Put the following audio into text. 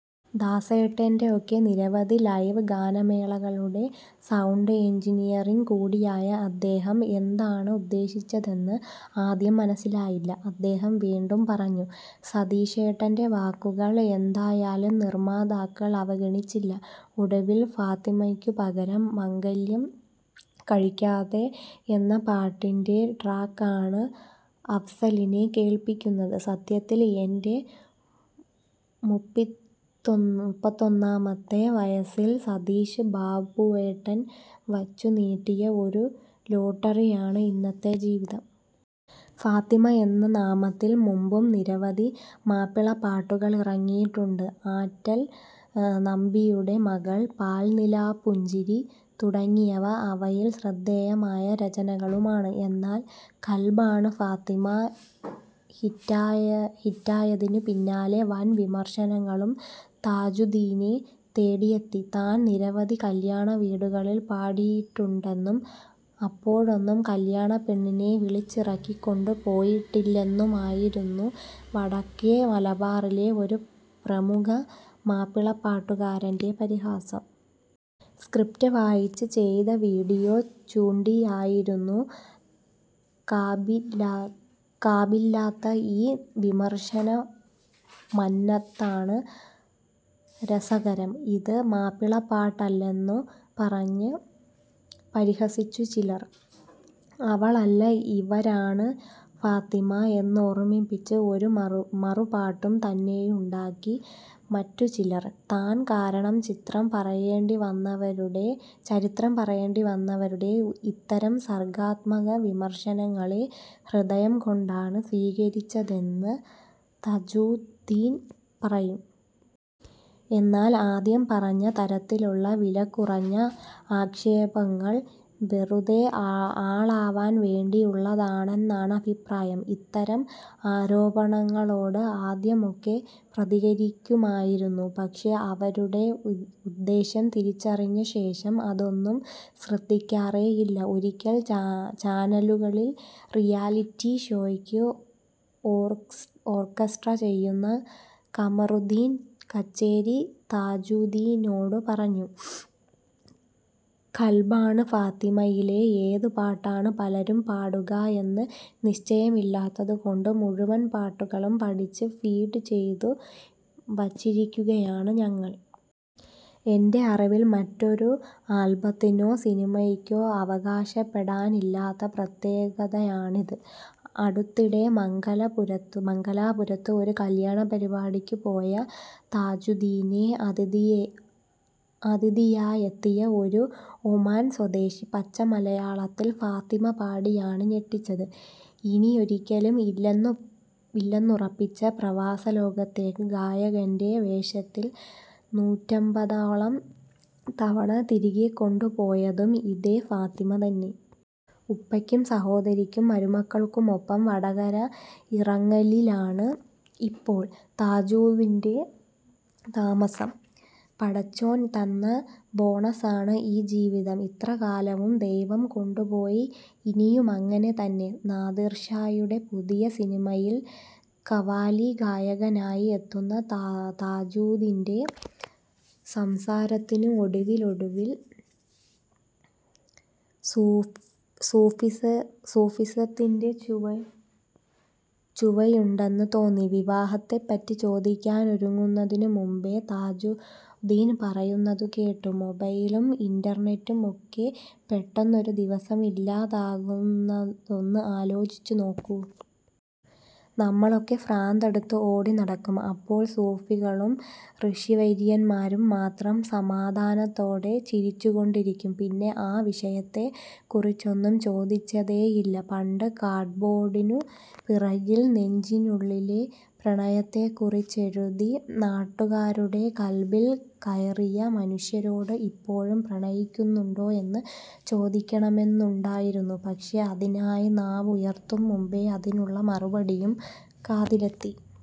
ദാസേട്ടൻറെയൊക്കെ നിരവധി ലൈവ് ഗാനമേളകളുടെ sound engineer കൂടിയായ അദ്ദേഹം എന്താണ് ഉദ്ദേശിച്ചതെന്ന് ആദ്യം മനസിലായില്ല. അദ്ദേഹം വീണ്ടും പറഞ്ഞു. സതീഷേട്ടൻറെ വാക്കുകൾ എന്തായാലും നിർമ്മാതാക്കൾ അവഗണിച്ചില്ല. ഒടുവിൽ ഫാത്തിമയ്ക്കു പകരം ' മംഗല്യം കഴിക്കാതെ ' എന്ന പാട്ടിൻറെ ട്രാക്കാണ് അഫ്സലിനെ കേൾപ്പിക്കുന്നത്. " സത്യത്തിൽ എൻറെ മുപ്പിത്തൊന്നാമത്തെ വയസിൽ സതീഷ് ബാബുവേട്ടൻ വച്ചു നീട്ടിയ ഒരു ലോട്ടറിയാണ് ഇന്നത്തെ ജീവിതം! " ഫാത്തിമ എന്ന നാമത്തിൽ മുമ്പും നിരവധി മാപ്പിളപ്പാട്ടുകളിറങ്ങിയിട്ടുണ്ട്. ' ആറ്റൽ നബിയുടെ മകൾ ',' പാൽനിലാപ്പുഞ്ചിരി ' തുടങ്ങിയവ അവയിൽ ശ്രദ്ധേയമായ രചനകളുമാണ്. എന്നാൽ ' ഖൽബാണ് ഫാത്തിമ ' ഹിറ്റായതിനു പിന്നാലെ വൻ വിമർശനങ്ങളും താജുദ്ദീനെ തേടിയെത്തി. താൻ നിരവധി കല്ല്യാണ വീടുകളിൽ പാടിയിട്ടുണ്ടെന്നും അപ്പോഴൊന്നും കല്യാണപ്പെണ്ണിനെ വിളിച്ചിറക്കി കൊണ്ടു പോയിട്ടില്ലെന്നുമായിരുന്നു വടക്കേ മലബാറിലെ ഒരു പ്രമുഖ മാപ്പിളപ്പാട്ടുകാരൻറെ പരിഹാസം. സ്ക്രിപ്റ്റ് വായിച്ചു ചെയ്ത വീഡിയോ ചൂണ്ടിയായിരുന്നു കാമ്പില്ലാത്ത ഈ വിമർശനമന്നതാണ് രസകരം. ഇത് മാപ്പിളപ്പാട്ടല്ലെന്നു പറഞ്ഞ് പരിഹസിച്ചു ചിലർ. ' അവളല്ല ഇവരാണ് ഫാത്തിമ ' എന്നോർമ്മിപ്പിച്ച് ഒരു മറുപാട്ടു തന്നെയുണ്ടാക്കി മറ്റുചിലർ. താൻ കാരണം ചരിത്രം പറയേണ്ടി വന്നവരുടെ ഇത്തരം സർഗ്ഗാത്മക വിമർശനങ്ങളെ ഹൃദയം കൊണ്ടാണ് സ്വീകരിച്ചതെന്ന് താജുദ്ദീൻ പറയും. എന്നാൽ ആദ്യം പറഞ്ഞ തരത്തിലുള്ള വിലകുറഞ്ഞ ആക്ഷേപങ്ങൾ വെറുതെ ആളാവാൻ വേണ്ടിയുള്ളതാണെന്നാണ് അഭിപ്രായം. ഇത്തരം ആരോപണങ്ങളോട് ആദ്യമൊക്കെ പ്രതികരിക്കുമായിരുന്നു. പക്ഷേ അവരുടെ ഉദ്ദേശം തിരിച്ചറിഞ്ഞ ശേഷം അതൊന്നും ശ്രദ്ധിക്കാറേയില്ല. ഒരിക്കൽ ചാനലുകളിൽ റിയാലിറ്റി ഷോയ്ക്ക് ഓർക്കസ്ട്ര ചെയ്യുന്ന കമറുദ്ദീൻ കച്ചേരി താജുദ്ദീനോടു പറഞ്ഞുഃ " ഖൽബാണ് ഫാത്തിമയിലെ ഏത് പാട്ടാണ് പലരും പാടുക എന്ന് നിശ്ചയമില്ലാത്തതു കൊണ്ട് മുഴുവൻ പാട്ടുകളും പഠിച്ച് ഫീഡ് ചെയ്തു വച്ചിരിക്കുകയാണ് ഞങ്ങൾ. എൻറെ അറിവിൽ മറ്റൊരു ആൽബത്തിനോ സിനിമയ്ക്കോ അവകാശപ്പെടാനില്ലാത്ത പ്രത്യേകതയാണിത്..! " അടുത്തിടെ മംഗലാപുരത്ത് ഒരു കല്യാണപ്പരിപാടിക്കു പോയ താജുദ്ദീനെ അതിഥിയായെത്തിയ ഒരു ഒമാൻ സ്വദേശി പച്ചമലയാളത്തിൽ ഫാത്തിമ പാടിയാണ് ഞെട്ടിച്ചത്. ഇനിയൊരിക്കലും ഇല്ലെന്നുറപ്പിച്ച പ്രവാസ ലോകത്തേക്ക് ഗായകൻറെ വേഷത്തിൽ നൂറ്റമ്പതോളം തവണ തിരികെക്കൊണ്ടു പോയതും ഇതേ ഫാത്തിമ തന്നെ. ഉപ്പയ്ക്കും സഹോദരിക്കും മരുമക്കൾക്കുമൊപ്പം വടകര ഇരിങ്ങലിലാണ് ഇപ്പോൾ താജുദ്ദീൻറെ താമസം. " പടച്ചോൻ തന്ന ബോണസാണ് ഈ ജീവിതം, ഇത്രകാലവും ദൈവം കൊണ്ടുപോയി, ഇനിയുമങ്ങനെ തന്നെ " നാദിർഷായുടെ പുതിയ സിനിമയിൽ ഖവാലി ഗായകനായി എത്തുന്ന താജുദ്ദീൻറെ സംസാരത്തിനു ഒടുവിലൊടുവിൽ സൂഫിസത്തിൻറെ ചുവയുണ്ടെന്ന് തോന്നി. വിവാഹത്തെപ്പറ്റി ചോദിക്കാനൊരുങ്ങുന്നതിനു മുമ്പേ താജുദ്ദീൻ പറയുന്നതുകേട്ടുഃ " മൊബൈലും ഇൻറർനെറ്റുമൊക്കെ പെട്ടെന്നൊരു ദിവസം ഇല്ലാതാകുന്നതൊന്ന് ആലോചിച്ചു നോക്കൂ. നമ്മളൊക്കെ ഭ്രാന്തെടുത്ത് ഓടി നടക്കും. അപ്പോൾ സൂഫികളും ഋഷിവര്യന്മാരും മാത്രം സമാധാനത്തോടെ ചിരിച്ചുകൊണ്ടിരിക്കും ". പിന്നെ ആ വിഷയത്തെക്കുറിച്ചൊന്നും ചോദിച്ചതേയില്ല. പണ്ട് കാർഡ്ബോഡിനു പിറകിൽ നെഞ്ചിനുള്ളിലെ പ്രണയത്തെക്കുറിച്ചെഴുതി നാട്ടുകാരുടെ ഖൽബിൽ കയറിയ മനുഷ്യനോട് ഇപ്പോഴും പ്രണയിക്കുന്നുണ്ടോ എന്ന് ചോദിക്കണമെന്നുണ്ടായിരുന്നു. പക്ഷേ അതിനായി നാവുയർത്തും മുമ്പേ അതിനുള്ള മറുപടിയും കാതിലെത്തി.